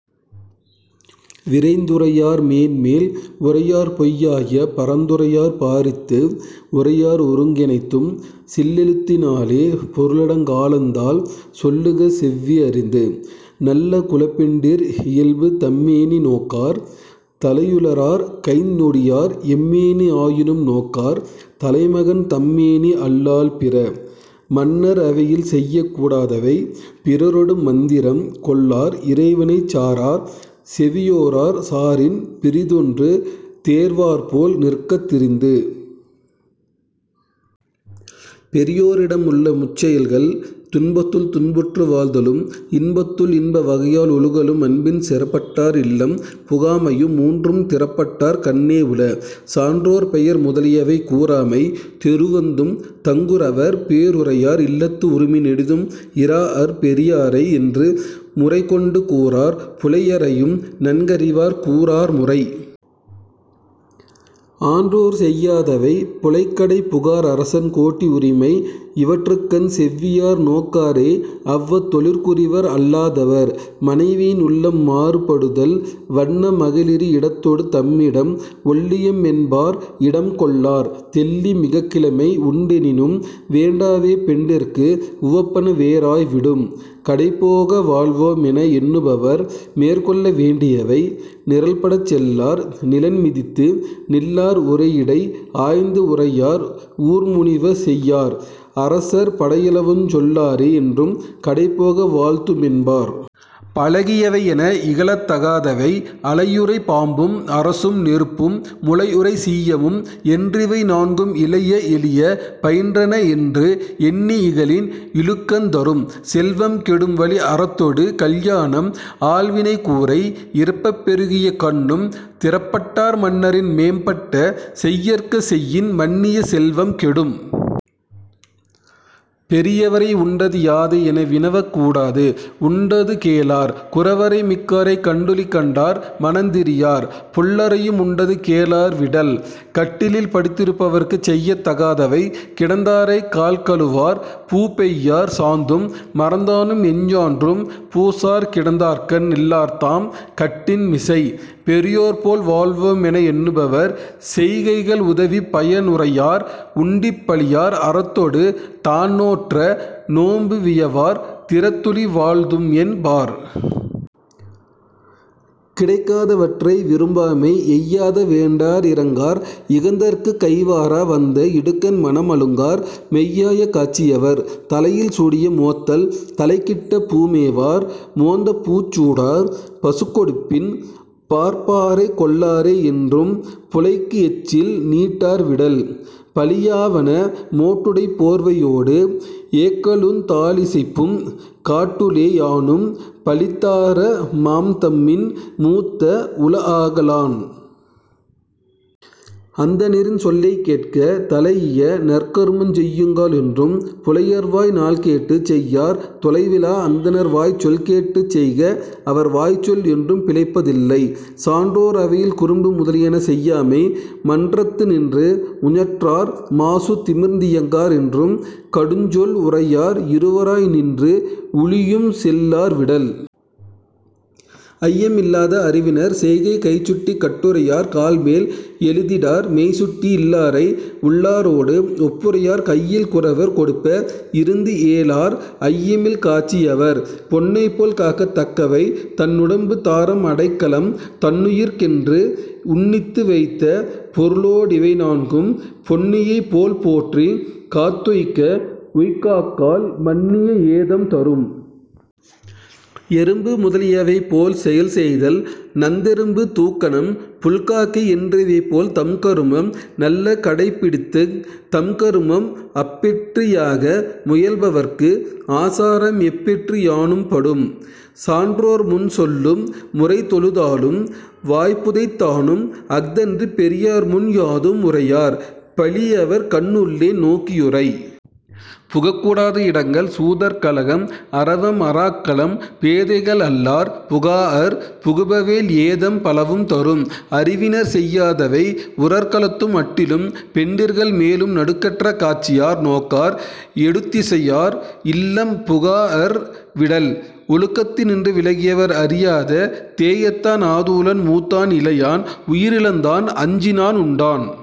விரைந்துரையார் மேன்மேல் உரையார்பொய் யாய பரந்துரையார் பாரித்து உரையார் ஒருங்கெனைத்தும் சில்லெழுத்தினாலே பொருளடங்கக் காலந்தால் சொல்லுக செவ்வி அறிந்து. நல்ல குலப்பெண்டிர் இயல்பு தம்மேனி நோக்கார் தலையுளரார் கைந்நொடியார் எம்மேனி ஆயினும் நோக்கார் தலைமகன் தம்மேனி அல்லால் பிற. மன்னர் அவையில் செய்யக் கூடாதவை பிறரொடு மந்திரம் கொள்ளார் இறைவனைச் சாரார் செவியோரார் சாரின் பிறிதொன்று தேர்வார்போல் நிற்க திரிந்து. பெரியோரிடம் உள்ள முச்செயல்கள் துன்பத்துள் துன்புற்று வாழ்தலும் இன்பத்துள் இன்ப வகையால் ஒழுகலும் அன்பின் செறப்பட்டார் இல்லம் புகாமையும் மூன்றும் திறப்பட்டார் கண்ணே உள. சான்றோர் பெயர் முதலியவை கூறாமை தெறுவந்தும் தங்குரவர் பேருரையார் இல்லத்து உறுமி நெடிதும் இராஅர் பெரியாரை என்று முறைகொண்டு கூறார் புலையரையும் நன்கறிவார் கூறார் முறை. ஆன்றோர் செய்யாதவை புழைக்கடைப் புகார் அரசன் கோட்டி உரிமை இவற்றுக்கண் செவ்வியார் நோக்காரே அவ்வத் தொழிற்குரிவர் அல்லா தவர். மனைவியின் உள்ளம் மாறுபடுதல் வண்ண மகளிரி இடத்தொடு தம்மிடம் ஒள்ளியம் என்பார் இடம்கொள்ளார் தெள்ளி மிகக்கிழமை உண்டெனினும் வேண்டாவே பெண்டிர்க்கு உவப்பன வேறாய் விடும். கடைபோக வாழ்வோம் என எண்ணுபவர் மேற்கொள்ள வேண்டியவை நிரல்படச் செல்லார் நிழன்மிதித்து நில்லார் உரையிடை ஆய்ந்து உரையார் ஊர்முனிவ செய்யார் அரசர் படையளவுஞ் சொல்லாரே என்றும் கடைபோக வாழ்துமென் பார். பழகியவை என இகழத் தகாதவை அளையுறை பாம்பும் அரசும் நெருப்பும் முழைஉறை சீயமும் என்றிவை நான்கும் இளைய எளிய பயின்றனஎன்று எண்ணி இகழின் இழுக்கந் தரும். செல்வம் கெடும் வழி அறத்தொடு கல்யாணம் ஆள்வினை கூரை இறப்பப் பெருகியக் கண்ணும் திறப்பட்டார் மன்னரின் மேம்பட்ட செய்யற்க செய்யின் மன்னிய செல்வம் கெடும். பெரியவரை உண்டது யாது என வினவக் கூடாது உண்டது கேளார்; குரவரை மிக்காரைக் கண்டுழிக் கண்டால் மனந்திரியார்; புல்லரையும் உண்டது கேளார் விடல். கட்டிலில் படுத்திருப்பவருக்குச் செய்யத் தகாதவை கிடந்தாரைக் கால்கழுவார் பூப்பெய்யார் சாந்தும் மறந்தானும் எஞ்ஞான்றும் பூசார் கிடந்தார்கண் நில்லார்தாம் கட்டின் மிசை. பெரியோர் போல் வாழ்வோம் என எண்ணுபவர் செய்கைகள் உதவிப் பயனுரையார் உண்டி பழியார் அறத்தொடு தான்நோற்ற நோன்பு வியவார் திறத்துளி வாழ்தும்என் பார். கிடைக்காதவற்றை விரும்பாமை எய்யாத வேண்டார் இரங்கார் இகந்ததற்குக் கைவாரா வந்த இடுக்கண் மனம் அழுங்கார் மெய்யாய காட்சி யவர். தலையில் சூடிய மோத்தல் தலைக்கிட்ட பூமேவார் மோந்தபூச் சூடார் பசுக்கொடுப்பின் பார்ப்பார்கைக் கொள்ளாரே என்றும் புலைக்கு எச்சில் நீட்டார் விடல். பழியாவன மோட்டுடைப் போர்வையோடு ஏக்கழுத்துந் தாளிசைப்பும் காட்டுளே யானும் பழித்தார மாம்தம்மின் மூத்த உளஆக லான். அந்தணரின் சொல்லைக் கேட்க தலைஇய நற்கருமஞ் செய்யுங்கால் என்றும் புலையர்வாய் நாள்கேட்டுச் செய்யார் தொலைவில்லா அந்தணர்வாய்ச் சொல்கேட்டுச் செய்க அவர் வாய்ச்சொல் என்றும் பிழைப்ப தில்லை. சான்றோர் அவையில் குறும்பு முதலியன செய்யாமை மன்றத்து நின்று உஞற்றார் மாசுதிமிர்ந் தியங்கார் என்றும் கடுஞ்சொல் உரையார் இருவராய் நின்று உழியும் செல்லார் விடல். ஐயம் இல்லாத அறிவினர் செய்கை கைசுட்டிக் கட்டுரையார் கால்மேல் எழுத்திடார் மெய்சுட்டி இல்லாரை உள்ளாரோடு ஒப்புரையார் கையில் குரவர் கொடுப்ப இருந்துஏலார் ஐயமில் காட்சி யவர். பொன்னைப் போல் காக்கத் தக்கவை தன்னுடம்பு தாரம் அடைக்கலம் தன்னுயிர்க்குஎன்று உன்னித்து வைத்த பொருளோ டிவைநான்கும் பொன்னினைப் போல்போற்றிக் காத்துய்க்க உய்க்காக்கால் மன்னிய ஏதம் தரும். எறும்பு முதலியவை போல் செயல் செய்தல் நந்தெறும்பு தூக்கணம் புள்காக்கை என்றிவைபோல் தம்கருமம் நல்ல கடைப்பிடித்துத் தங்கருமம் அப்பெற்றி யாக முயல்பவர்க்கு ஆசாரம் எப்பெற்றி யானும் படும். சான்றோர் முன் சொல்லும் முறை தொழுதாலும் வாய்புதைத் தானும் அஃதன்றிப் பெரியார்முன் யாதும் உரையார் பழியவர் கண்ணுள்ளே நோக்கி யுரை. புகக் கூடாத இடங்கள் சூதர் கழகம் அரவம் அறாக்களம் பேதைகள் அல்லார் புகாஅர் புகுபவேல் ஏதம் பலவும் தரும். அறிவினர் செய்யாதவை உரற்களத்தும் அட்டிலும் பெண்டிர்கள் மேலும் நடுக்கற்ற காட்சியார் நோக்கார் எடுத்திசையார் இல்லம் புகாஅர் விடல். ஒழுக்கத்தினின்று விலகியவர் அறியாத தேயத்தான் ஆதுலன் மூத்தான் இளையான் உயிரிழந்தான் அஞ்சினான் உண்டான்